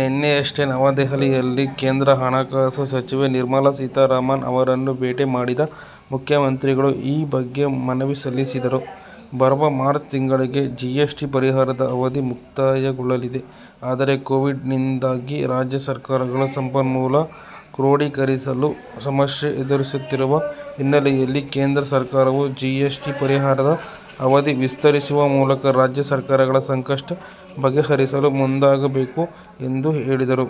ನಿನ್ನೆಯಷ್ಟೇ ನವದೆಹಲಿಯಲ್ಲಿ ಕೇಂದ್ರ ಹಣಕಾಸು ಸಚಿವೆ ನಿರ್ಮಲಾ ಸೀತಾರಾಮನ್ ಅವರನ್ನು ಭೇಟಿ ಮಾಡಿದ ಮುಖ್ಯಮಂತ್ರಿಗಳು ಈ ಬಗ್ಗೆ ಮನವಿ ಸಲ್ಲಿಸಿದರು. ಬರುವ ಮಾರ್ಚ್ ತಿಂಗಳಿಗೆ ಜಿಎಸ್'ಟಿ ಪರಿಹಾರದ ಅವಧಿ ಮುಕ್ತಾಯಗೊಳ್ಳಲಿದೆ. ಆದರೆ, ಕೋವಿಡ್ ನಿಂದಾಗಿ ರಾಜ್ಯ ಸರ್ಕಾರಗಳು ಸಂಪನ್ಮೂಲ ಕ್ರೋಢಿಕರಿಸಲು ಸಮಸ್ಯೆ ಎದುರಿಸುತ್ತಿರುವ ಹಿನ್ನೆಲೆಯಲ್ಲಿ ಕೇಂದ್ರ ಸರ್ಕಾರವು ಜಿಎಸ್'ಟಿ ಪರಿಹಾರದ ಅವಧಿ ವಿಸ್ತರಿಸುವ ಮೂಲಕ ರಾಜ್ಯ ಸರ್ಕಾರಗಳ ಸಂಕಷ್ಟ ಬಗೆಹರಿಸಲು ಮುಂದಾಗಬೇಕು ಎಂದು ಹೇಳಿದರು.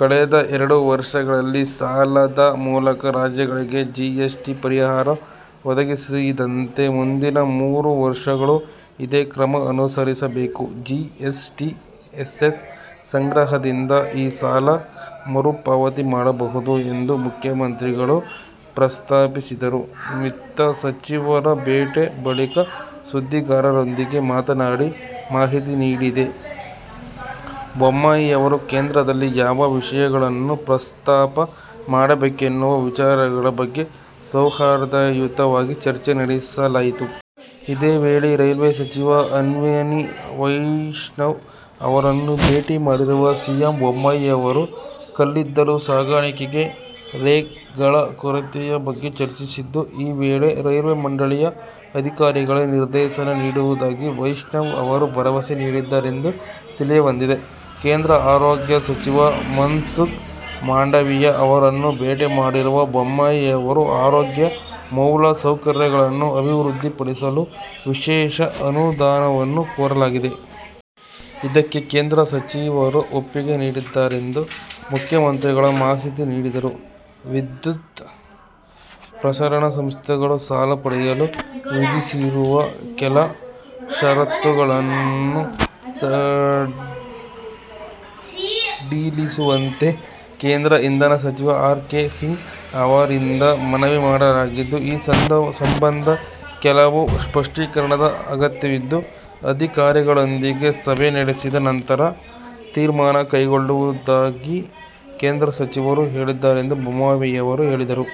ಕಳೆದ ಎರಡು ವರ್ಷಗಳಲ್ಲಿ ಸಾಲದ ಮೂಲಕ ರಾಜ್ಯಗಳಿಗೆ ಜಿಎಸ್'ಟಿ ಪರಿಹಾರ ಒದಗಿಸಿದಂತೆ ಮುಂದಿನ ಮೂರು ವರ್ಷಗಳೂ ಇದೇ ಕ್ರಮ ಅನುಸರಿಸಬೇಕು. ಜಿಎಸ್'ಟಿ ಸೆಸ್ ಸಂಗ್ರಹದಿಂದ ಈ ಸಾಲ ಮರುಪಾವತಿ ಮಾಡಬಹುದು ಎಂದು ಮುಖ್ಯಮಂತ್ರಿಗಳು ಪ್ರಸ್ತಾಪಿಸಿದರು. ವಿತ್ತ ಸಚಿವರ ಭೇಟಿ ಬಳಿಕ ಸುದ್ದಿಗಾರರೊಂದಿಗೆ ಮಾತನಾಡಿ ಮಾಹಿತಿ ನೀಡಿದ ಬೊಮ್ಮಾಯಿಯವರು, ಕೇಂದ್ರದಲ್ಲಿ ಯಾವ ವಿಷಯಗಳನ್ನು ಪ್ರಸ್ತಾಾಪ ಮಾಡಬೇಕೆನ್ನುವ ವಿಚಾರಗಳ ಬಗ್ಗೆ ಸೌಹಾರ್ದಯುತವಾಗಿ ಚರ್ಚೆ ನಡೆಸಲಾಯಿತು. ಇದೇ ವೇಳೆ ರೈಲ್ವೇ ಸಚಿವ ಅಶ್ವನಿ ವೈಷ್ಣವ್ ಅವರನ್ನೂ ಭೇಟಿ ಮಾಡಿರುವ ಸಿಎಂ ಬೊಮ್ಮಾಯಿಯವರು, ಕಲ್ಲಿದ್ದಲು ಸಾಗಾಣಿಕೆಗೆ ರೇಕ್ಗಳ ಕೊರತೆಯ ಬಗ್ಗೆ ಚರ್ಚಿಸಿದ್ದು, ಈ ವೇಳೆ ರೈಲ್ವೆ ಮಂಡಳಿಯ ಅಧಿಕಾರಿಗಳಿಗೆ ನಿರ್ದೇಶನ ನೀಡುವುದಾಗಿ ವೈಷ್ಣವ್ ಅವರು ಭರವಸೆ ನೀಡಿದ್ದಾರೆಂದು ತಿಳಿದುಬಂದಿದೆ. ಕೇಂದ್ರ ಆರೋಗ್ಯ ಸಚಿವ ಮನ್ಸುಖ್ ಮಾಂಡವಿಯಾ ಅವರನ್ನೂ ಭೇಟಿ ಮಾಡಿರುವ ಬೊಮ್ಮಾಯಿಯವರು, "ಆರೋಗ್ಯ ಮೂಲಸೌಕರ್ಯಗಳನ್ನು ಅಭಿವೃದ್ಧಿಪಡಿಸಲು ವಿಶೇಷ ಅನುದಾನವನ್ನು ಕೋರಲಾಗಿದೆ. ಇದಕ್ಕೆ ಕೇಂದ್ರ ಸಚಿವರು ಒಪ್ಪಿಗೆ ನೀಡಿದ್ದಾರೆಂದು ಮುಖ್ಯಮಂತ್ರಿಗಳು ಮಾಹಿತಿ ನೀಡಿದರು. ವಿದ್ಯುತ್ ಪ್ರಸರಣಾ ಸಂಸ್ಥೆಗಳು ಸಾಲ ಪಡೆಯಲು ವಿಧಿಸಿರುವ ಕೆಲ ಷರತ್ತುಗಳನ್ನು ಸಡಿಲಿಸುವಂತೆ ಕೇಂದ್ರ ಇಂಧನ ಸಚಿವ ಆರ್. ಕೆ. ಸಿಂಗ್ ಅವರಿಗೆ ಮನವಿ ಮಾಡಲಾಗಿದ್ದು, ಈ ಸಂಬಂಧ ಕೆಲವು ಸ್ಪಷ್ಟೀಕರಣದ ಅಗತ್ಯವಿದ್ದು, ಅಧಿಕಾರಿಗಳೊಂದಿಗೆ ಸಭೆ ನಡೆಸಿದ ನಂತರ ತೀರ್ಮಾನ ಕೈಗೊಳ್ಳಲಾಗುವುದಾಗಿ ಕೇಂದ್ರ ಸಚಿವರು ಹೇಳಿದ್ದಾರೆಂದು ಬೊಮ್ಮಾಯಿಯವರು ಹೇಳಿದರು.